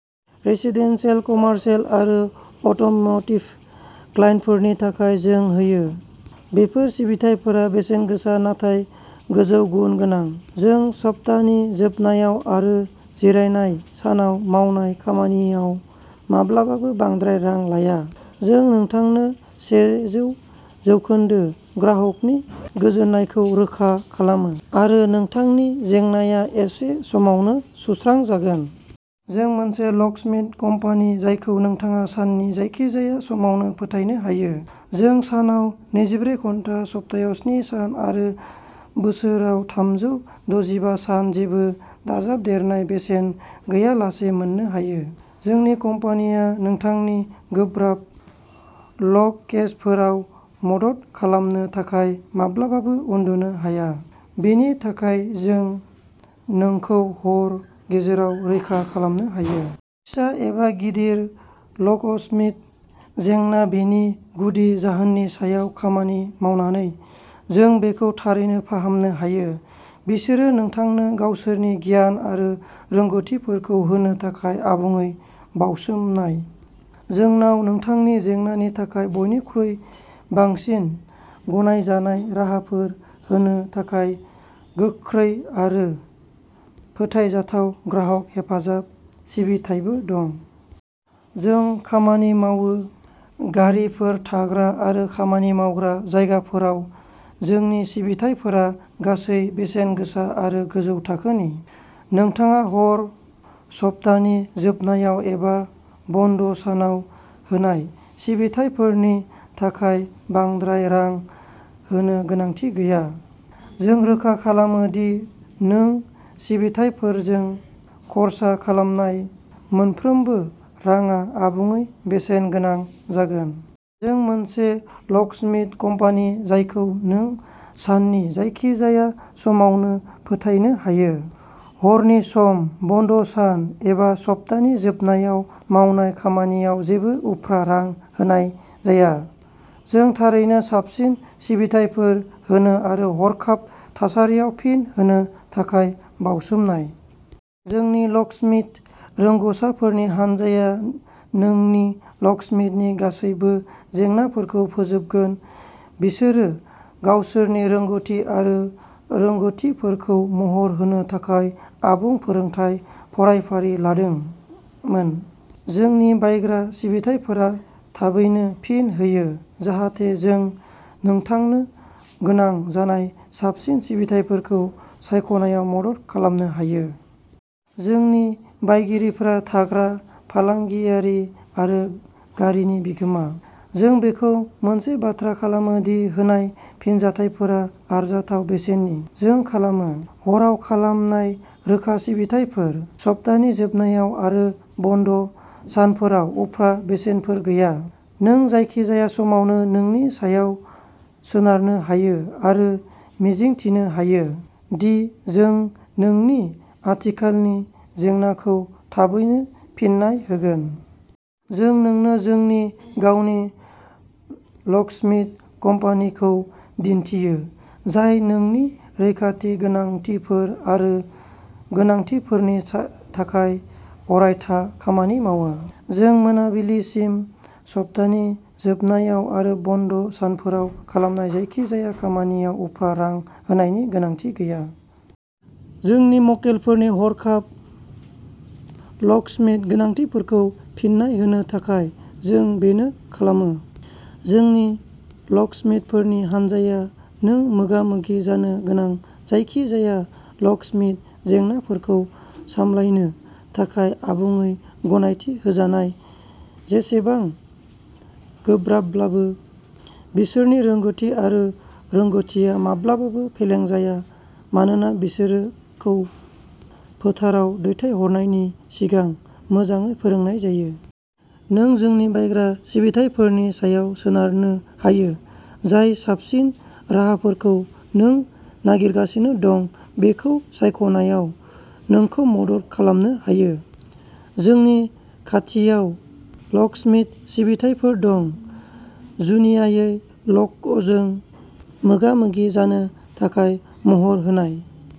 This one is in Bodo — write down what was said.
रेसिदेन्सियेल, कमार्शियेल आरो अट'म'टिभ क्लाइन्टफोरनि थाखाय जों होयो। बेफोर सिबिथाइफोरा बेसेनगोसा नाथाय गोजौ गुन गोनां। जों सप्तानि जोबनायाव आरो जिरायनाय सानाव मावनाय खामानियाव माब्लाबाबो बांद्राय रां लाया। जों नोंथांनो सेजौ जौखोन्दो ग्राहकनि गोजोननायखौ रोखा खालामो आरो नोंथांनि जेंनाया एसे समावनो सुस्रांजागोन। जों मोनसे लकस्मिथ कम्पानि जायखौ नोंथाङा साननि जायखिजाया समावनो फोथायनो हायो। जों सानाव नैजिब्रै घन्टा, सप्तायाव स्नि सान आरो बोसोराव थामजौ दजिबा सान जेबो दाजाबदेरनाय बेसेन गैयालासे मोननो हायो। जोंनि कम्पानिया नोंथांनि गोब्राब लक केसफोराव मदद खालामनो थाखाय माब्लाबाबो उन्दुनो हाया, बेनि थाखाय जों नोंखौ हर गेजेराव रैखा खालामनो हायो। फिसा एबा गिदिर लकस्मिथ जेंना बेनि गुदि जाहोननि सायाव खामानि मावनानै, जों बेखौ थारैनो फाहामनो हायो। बिसोरो नोंथांनो गावसोरनि गियान आरो रोंग'थिफोरखौ होनो थाखाय आबुङै बाउसोमनाय। जोंनाव नोंथांनि जेंनानि थाखाय बयनिख्रुइ बांसिन गनायजानाय राहाफोर होनो थाखाय गोख्रै आरो फोथायजाथाव ग्राहक हेफाजाब सिबिथाइबो दं। जों खामानि मावो। गारिफोर, थाग्रा आरो खामानि मावग्रा जायगाफोराव। जोंनि सिबिथाइफोरा गासैबो बेसेनगोसा आरो गोजौ थाखोनि। नोंथाङा हर, सप्तानि जोबनायाव एबा बन्द' सानाव होनाय सिबिथाइफोरनि थाखाय बांद्राय रां होनो गोनांथि गैया। जों रोखा खालामो दि नों सिबिथाइफोरजों खर्सा खालामनाय मोनफ्रोमबो रांआ आबुङै बेसेनगोनां जागोन। जों मोनसे लकस्मिथ कम्पानि जायखौ नों साननि जायखिजाया समावनो फोथायनो हायो। हरनि सम, बन्द' सान एबा सप्तानि जोबनायाव मावनाय खामानियाव जेबो उफ्रा रां होनाय जाया। जों थारैनो साबसिन सिबिथाइफोर होनो आरो हरखाब थासारियाव फिन होनो थाखाय बावसोमनाय। जोंनि लकस्मिथ रोंग'साफोरनि हानजाया नोंनि लकस्मिथनि गासैबो जेंनाफोरखौ फोसाबगोन। बिसोरो गावसोरनि रोंग'थि आरो रोंग'थिफोरखौ महर होनो थाखाय आबुं फोरोंथाय फरायफारि लादोंमोन। जोंनि बायग्रा सिबिथाइफोरा थाबैनो फिन होयो जाहाथे जों नोंथांनो गोनां जानाय साबसिन सिबिथाइफोरखौ सायख'नायाव मदद खालामनो हायो। जोंनि बायगिरिफोरा थाग्रा, फालांगियारि आरो गारिनि बिगोमा। जों बेखौ मोनसे बाथ्रा खालामो दि होनाय सिबिथाइफोरा आरजाथाव बेसेननि। जों खालामो। हरआव खालामनाय रोखा सिबिथाइफोर; सप्तानि जोबनायाव आरो बन्द' सानफोराव उफ्रा बेसेनफोर गैया। नों जायखिजाया समावनो जोंनि सायाव सोनारनो हायो आरो मिजिंथिनो हायो दि जों नोंनि आथिखालनि जेंनाखौ थाबैनो फिन्नाय होगोन। जों नोंनो जोंनि गावनि लकस्मिथ कम्पानिखौ दिन्थियो, जाय नोंनि रैखाथि गोनांथिफोर आरो गोनांथिफोरनि थाखाय अरायथा खामानि मावो। जों मोनाबिलिसिम, सप्तानि जोबनायाव आरो बन्द' सानफोराव खालामनाय जायखिजाया खामानियाव उफ्रा रां होनायनि गोनांथि गैया। जोंनि मक्केलफोरनि हरखाब लकस्मिथ गोनांथिफोरखौ फिन्नाय होनो थाखाय जों बेनो खालामो। जोंनि लकस्मिथफोरनि हानजाया नों मोगा-मोगि जानो गोनां जायखिजाया लकस्मिथ जेंनाफोरखौ सामलायनो थाखाय आबुङै गनायथि होजानाय, जेसेबां गोब्राबब्लाबो। बिसोरनि रोंग'थि आरो रोंग'थिआ माब्लाबाबो फेलें जाया मानोना बिसोरखौ फोथाराव दैथायहरनायनि सिगां मोजाङै फोरोंनाय जायो। नों जोंनि बायग्रा सिबिथाइफोरनि सायाव सोनारनो हायो, जाय साबसिन राहाफोरखौ नों नागिरगासिनो दं बेखौ सायख'नायाव नोंखौ मदद खालामनो हायो। जोंनि खाथियाव लकस्मिथ सिबिथाइफोर दं, जुनियायै लकजों मोगा-मोगि जानो थाखाय महर होनाय।